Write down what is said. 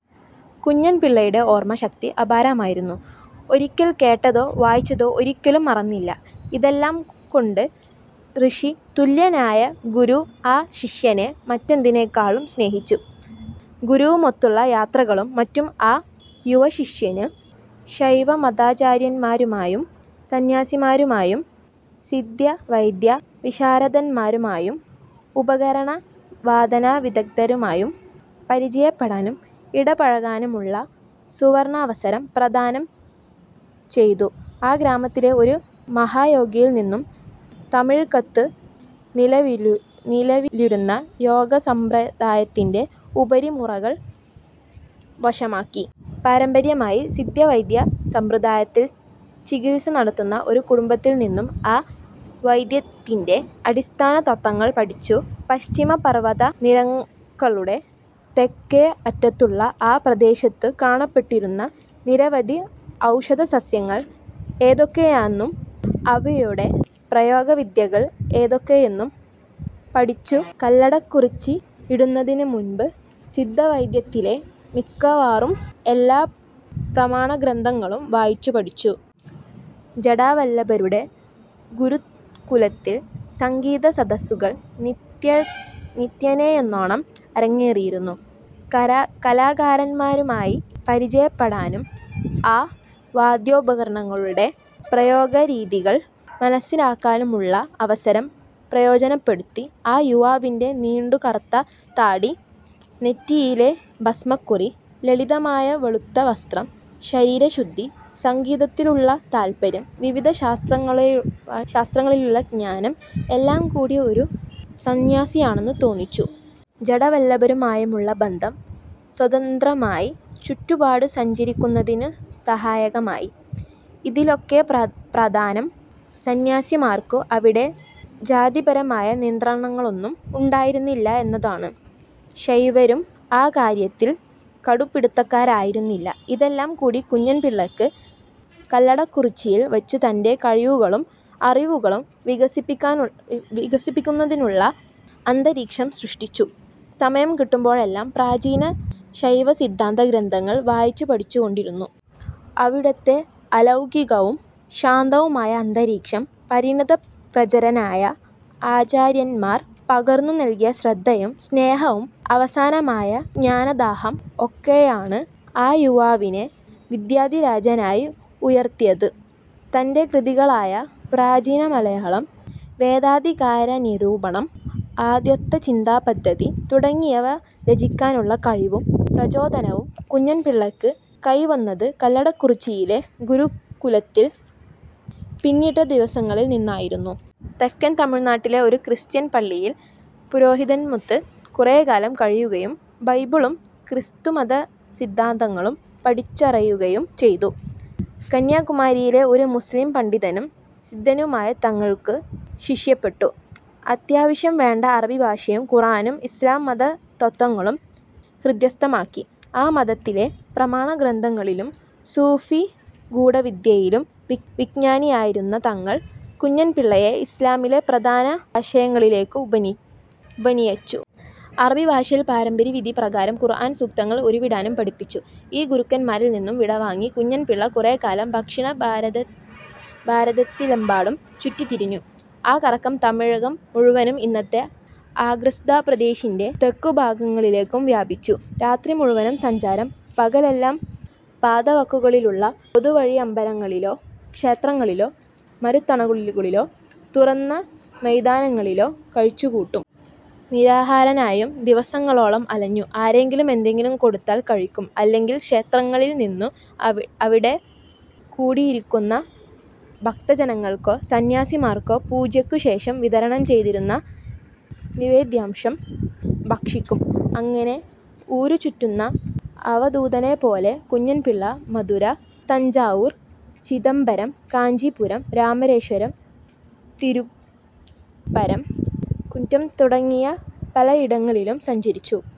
കുഞ്ഞൻപിള്ളയുടെ ഓർമ്മ ശക്തി അപാരമായിരുന്നു. ഒരിക്കൽ കേട്ടതോ വായിച്ചതോ ഒരിക്കലും മറന്നില്ല. ഇതെല്ലാംകൊണ്ടു് ഋഷി തുല്യനായ ഗുരു ആ ശിഷ്യനെ മറ്റെന്തിനെക്കാളും സ്നേഹിച്ചു. ഗുരുവുമൊത്തുള്ള യാത്രകളും മറ്റും ആ യുവശിഷ്യനു് ശൈവമതാചാര്യന്മാരുമായും, സന്ന്യാസിമാരുമായും, സിദ്ധ്യവൈദ്യവിശാരദന്മാരുമായും, ഉപകരണ വാദനവിദഗ്ദ്ധരുമായും പരിചയപ്പെടാനും ഇടപഴകാനുമുള്ള സുവർണ്ണാവസരം പ്രദാനം ചെയ്തു. ആ ഗ്രാമത്തിലെ ഒരു മഹായോഗിയിൽ നിന്നു് തമിഴകത്തു നിലവിലിരുന്ന യോഗ സമ്പ്രദായത്തിന്റെ ഉപരി മുറകൾ വശമാക്കി. പാരമ്പര്യമായി സിദ്ധവൈദ്യ സമ്പ്രദായത്തിൽ ചികിത്സ നടത്തുന്ന ഒരു കുടുംബത്തിൽനിന്നും ആ വൈദ്യത്തിന്റെ അടിസ്ഥാനതത്ത്വങ്ങൾ പഠിച്ചു. പശ്ചിമ പർവത നിരകളുടെ തെക്കേ അറ്റത്തുള്ള ആ പ്രദേശത്തു് കാണപ്പെട്ടിരുന്ന നിരവധി ഔഷധസസ്യങ്ങൾ ഏതൊക്കെയെന്നും, അവയുടെ പ്രായോഗവിധികൾ എന്തൊക്കെയെന്നും പഠിച്ചു. കല്ലടക്കുറിച്ചി വിടുന്നതിനുമുമ്പു് സിദ്ധവൈദ്യത്തിലെ മിക്കവാറും എല്ലാ പ്രമാണ ഗ്രന്ഥങ്ങളും വായിച്ചു പഠിച്ചു. ജടാവല്ലഭരുടെ ഗുരുകുലത്തിൽ സംഗീത സദസ്സുകൾ നിത്യേനയെന്നോണം അരങ്ങേറിയിരുന്നു. കലാകാരന്മാരുമായി പരിചയപ്പെടാനും, ആ വാദ്യോപകരണങ്ങളുടെ പ്രയോഗരീതികൾ മനസ്സിലാക്കാനുമുള്ള അവസരം പ്രയോജനപ്പെടുത്തി. ആ യുവാവിന്റെ നീണ്ടു കറുത്ത താടി, നെറ്റിയിലെ ഭസ്മക്കുറി, ലളിതമായ വെളുത്ത വസ്ത്രം, ശരീരശുദ്ധി, സംഗീതത്തിലുള്ള താല്പര്യം, വിവിധ ശാസ്ത്രങ്ങളിലുള്ള ജ്ഞാനം, എല്ലാംകൂടി ഒരു സന്ന്യാസിയാണെന്നു തോന്നിച്ചു. ജടാവല്ലഭരുമായുള്ള ബന്ധം സ്വതന്ത്രമായി ചുറ്റുപാടും സഞ്ചരിക്കുന്നതിനും സഹായകമായി. ഇതിലൊക്കെ പ്രധാനം സന്ന്യാസിമാർക്കു് അവിടെ ജാതിപരമായ നിയന്ത്രണങ്ങളൊന്നും ഉണ്ടായിരുന്നില്ല എന്നതാണു്. ശൈവരും അക്കാര്യത്തിൽ കടുംപിടിത്തക്കാരായിരുന്നില്ല. ഇതെല്ലാം കൂടി കുഞ്ഞൻപിള്ളയ്ക്ക് കല്ലടക്കുറിച്ചിയിൽ വച്ചു് തന്റെ കഴിവുകളും അറിവുകളും വികസിപ്പിക്കുന്നതിനുള്ള അന്തരീക്ഷം സൃഷ്ടിച്ചു. സമയം കിട്ടുമ്പോഴെല്ലാം പ്രാചീന ശൈവസിദ്ധാന്ത ഗ്രന്ഥങ്ങൾ വായിച്ചു പഠിച്ചുകൊണ്ടിരുന്നു. അവിടുത്തെ അലൗകികവും ശാന്തവുമായ അന്തരീക്ഷം, പരിണത പ്രജനരായ ആചാര്യന്മാർ പകർന്നു നൽകിയ ശ്രദ്ധയും സ്നേഹവും, അനവസാനമായ ജ്ഞാനദാഹം, ഒക്കെയാണു് ആ യുവാവിനെ വിദ്യധിരാജനായി ഉയർത്തിയതു്. തന്റെ കൃതികളായ പ്രാചീന മലയാളം, വേദാധികാരനിരൂപണം, അദ്വൈതചിന്താപദ്ധതി തുടങ്ങിയവ രചിക്കാനുള്ള കഴിവും പ്രചോദനവും കുഞ്ഞൻപിള്ളയ്ക്കു കൈവന്നതു് കല്ലടക്കുറിച്ചിയിലെ ഗുരുകുലത്തിൽ പിന്നിട്ട ദിവസങ്ങളിൽ നിന്നായിരുന്നു. തെക്കൻ തമിഴു്നാട്ടിലെ ഒരു ക്രിസ്ത്യൻ പള്ളിയിൽ പുരോഹിതനുമൊത്തു് കുറെക്കാലം കഴിയുകയും, ബൈബിളും ക്രിസ്തുമതസിദ്ധാന്തങ്ങളും പഠിച്ചറിയുകയും ചെയ്തു. കന്യാകുമാരിയിലെ ഒരു മുസ്ലീം പണ്ഡിതനും സിദ്ധാനുമായ തങ്ങൾക്കു ശിഷ്യപ്പെട്ടു് അത്യാവശ്യം വേണ്ട അറബി ഭാഷയും ഖുറാനും ഇസ്ലാംമത തത്ത്വങ്ങളും ഹൃദിസ്ഥമാക്കി. ആ മതത്തിലെ പ്രമാണഗ്രന്ഥങ്ങളിലും സൂഫി ഗൂഢവിദ്യയിലും വിജ്ഞനായിരുന്ന തങ്ങൾ കുഞ്ഞൻപിള്ളയെ ഇസ്ലാമിലെ പ്രധാന ആശയങ്ങളിലേക്കു് ഉപനയിച്ചു. അറബി ഭാഷയിൽ പാരമ്പര്യവിധി പ്രകാരം ഖുർ-ആൻ സൂക്തങ്ങൾ ഉരുവിടാനും പഠിപ്പിച്ചു. ഈ ഗുരുക്കന്മാരിൽ നിന്നു വിടവാങ്ങി കുഞ്ഞൻപിള്ള കുറെക്കാലം ദക്ഷിണ ഭാരതത്തിലെമ്പാടും ചുറ്റിത്തിരിഞ്ഞു. ആ കറക്കം തമിഴകം മുഴുവനും, ഇന്നത്തെ ആന്ധ്രാപ്രദേശിന്റെ തെക്കുഭാഗങ്ങളിലേക്കും വ്യാപിച്ചു. രാത്രി മുഴുവൻ സഞ്ചാരം. പകലെല്ലാം പാതവക്കുകളിലുള്ള പൊതുവഴിയമ്പലങ്ങളിലോ, ക്ഷേത്രങ്ങളിലോ, മരത്തണലുകളിലോ, തുറന്ന മൈതാനങ്ങളിലോ കഴിച്ചുകൂട്ടും. നിരാഹാരനായും ദിവസങ്ങളോളം അലഞ്ഞു. ആരെങ്കിലും എന്തെങ്കിലും കൊടുത്താൽ കഴിക്കും; അല്ലെങ്കിൽ ക്ഷേത്രങ്ങളിൽ നിന്നു് അവിടെ കൂടിയിരിക്കുന്ന ഭക്തജനങ്ങൾക്കോ സന്ന്യാസിമാർക്കോ പൂജയ്ക്കു ശേഷം വിതരണം ചെയ്തിരുന്ന നിവേദ്യാംശം ഭക്ഷിക്കും. അങ്ങനെ ഊരുചുറ്റുന്ന അവധൂതനെപ്പോലെ കുഞ്ഞൻപിള്ള മധുര, തഞ്ചാവൂർ, ചിദംബരം, കാഞ്ചീപുരം, രാമേശ്വരം, തിരുപ്പരം കുന്റം തുടങ്ങി പലയിടങ്ങളിലും സഞ്ചരിച്ചു.